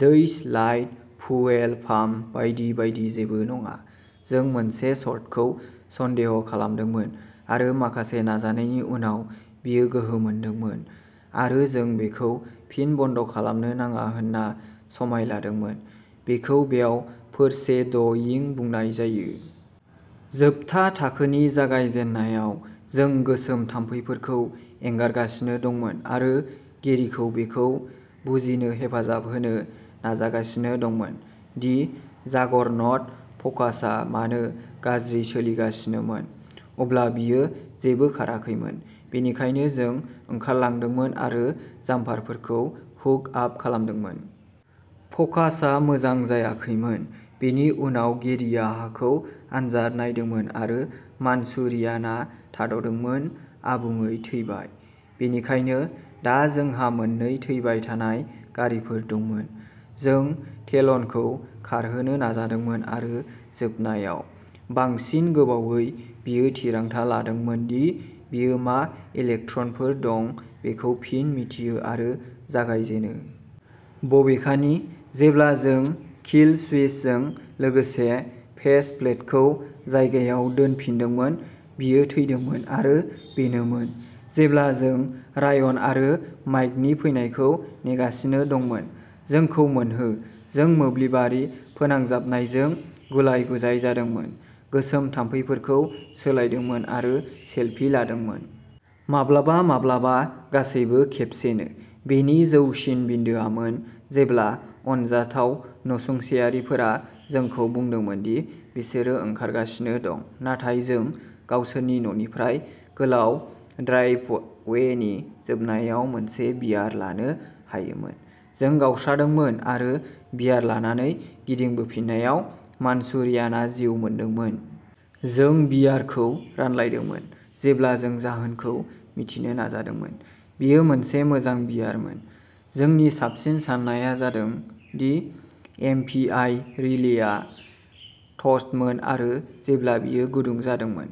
Dash light, fuel pump बायदि बायदि जेबो। जों मोनसे शर्टखौ सन्देह खालामदोंमोन आरो माखासे नाजानायनि उनाव बेयो गोहो मोनदोंमोन आरो जों बेखौ फिन बन्द खालामनो नाङा होनना समाय लादोंमोन। बेखौ बेयाव फोरशेड'इं बुंनाय जायो। जोबथा थाखोनि जागायजेन्नायाव जों गोसोम थाम्फैफोरखौ एंगारगासिनो दंमोन आरो गेरिखौ बेखौ बुजिनो हेफाजाब होनो नाजागासिनो दंमोन दि जागरनट फ'कासआ मानो गाज्रि सोलिगासिनोमोन। अब्ला बियो जेबो खाराखैमोन, बेनिखायनो जों ओंखारलांदोंमोन आरो जाम्पारफोरखौ हुक आप खालामदोंमोन। फ'कासआ मोजां जायाखैमोन। बेनि उनाव गेरिआ हाखौ आनजाद नायदोंमोन आरो मानचुरियानआ थाद'दोंमोन। आबुङै थैबाय। बेनिखायनो दा जोंहा मोननै थैबाय थानाय गारिफोर दंमोन। जों टेलनखौ खारहोनो नाजादोंमोन आरो जोबनायाव, बांसिन गोबावै, बियो थिरांथा लादोंमोन दि बेयो मा इलेक्ट्रनफोर दं बेखौ फिन मिथियो आरो जागायजेनो। बबेखानि, जेब्ला जों किल स्विचजों लोगोसे फेस प्लेटखौ जायगायाव दोनफिनदोंमोन, बेयो थैदोंमोन आरो बेनोमोन। जेब्ला जों रायन आरो माइकनि फैनायखौ नेगासिनो दंमोन। जोंखौ मोनहो, जों मोब्लिबारि फोनांजाबनायजों गुलाय-गुजाय जादोंमोन, गोसोम थाम्फैफोरखौ सोलायदोंमोन आरो सेलफि लादोंमोन। माब्लाबा माब्लाबा गासैबो खेबसेनो। बेनि जौसिन बिन्दोआमोन जेब्ला अनजाथाव नसुंसेयारिफोरा जोंखौ बुंदोंमोन दि बिसोरो ओंखारगासिनो दं, नाथाय जों गावसोरनि न'निफ्राय गोलाव ड्राइभवेनि जोबनायाव मोनसे बियार लानो हायोमोन। जों गावस्रादोंमोन आरो बियार लानानै गिदिंबोफिननायाव मानचुरियानआ जिउ मोनदोंमोन। जों बियारखौ रानलायदोंमोन जेब्ला जों जाहोनखौ मिथिनो नाजादोंमोन। बेयो मोनसे मोजां बियारमोन। जोंनि साबसिन सान्नाया जादों दि एमपिआइ रिलेआ टस्टमोन आरो जेब्ला बेयो गुदुं जादोंमोन,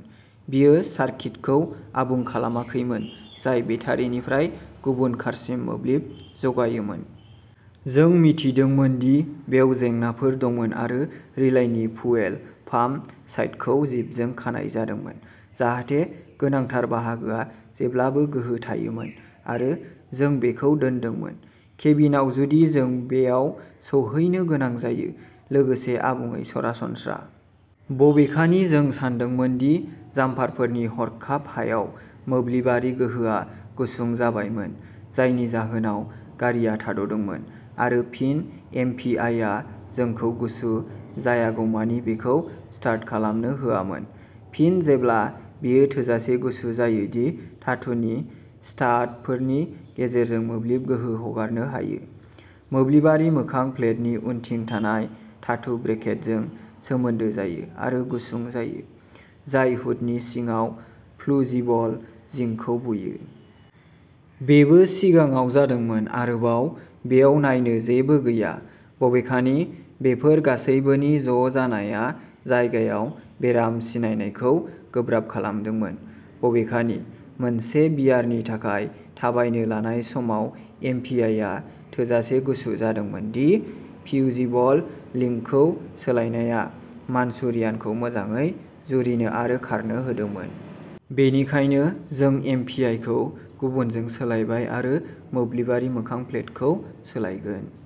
बियो सार्किटखौ आबुं खालामाखैमोन जाय बेटारिनिफ्राय गुबुन कारसिम मोब्लिब जगायोमोन। जों मिथिदोंमोन दि बेयाव जेंनाफोर दंमोन आरो रिलाइनि फुयेल पाम्प साइडखौ जिपजों खानाय जादोंमोन जाहाथे गोनांथार बाहागोआ जेब्लाबो गोहो थायोमोन आरो जों बेखौ दोनदोंमोन। केबिनआव जुदि जों बेयाव सौहैनो गोनां जायो। लोगोसे आबुङै सरासनस्रा। बबेखानि जों सानदोंमोन दि जाम्पारफोरनि हरखाब हायाव मोब्लिबारि गोहोआ गुसुं जाबायमोन जायनि जाहोनाव गारिआ थाद'दोंमोन आरो फिन एमपिआइआ जोंखौ गुसु जायागौमानि बेखौ स्टार्ट खालामनो होआमोन। फिन जेब्ला बेयो थोजासे गुसु जायो दि धातुनि स्टाडफोरनि गेजेरजों मोब्लिब गोहो हगारनो हायो, मोब्लिबारि मोखां प्लेटनि उनथिं थानाय धातु ब्रेकेटजों सोमोन्दो जायो आरो गुसुं जायो, जाय हुडनि सिङाव फ्युजिबल लिंकखौ बुयो। बेबो सिगाङाव जादोंमोन। आरोबाव, बेयाव नायनो जेबो गैया। बबेखानि, बेफोर गासैबोनि ज' जानाया जायगायाव बेराम सिनायनायखौ गोब्राब खालामदोंमोन। बबेखानि, मोनसे बियारनि थाखाय थाबायनो लानाय समाव एमपिआइआ थोजासे गुसु जादोंमोन दि फ्युजिबल लिंकखौ सोलायनाया मानचुरियानखौ मोजाङै जुरिनो आरो खारनो होदोंमोन। बेनिखायनो, जों एमपिआइखौ गुबुनजों सोलायबाय आरो मोब्लिबारि मोखां प्लेटखौ सोलायगोन।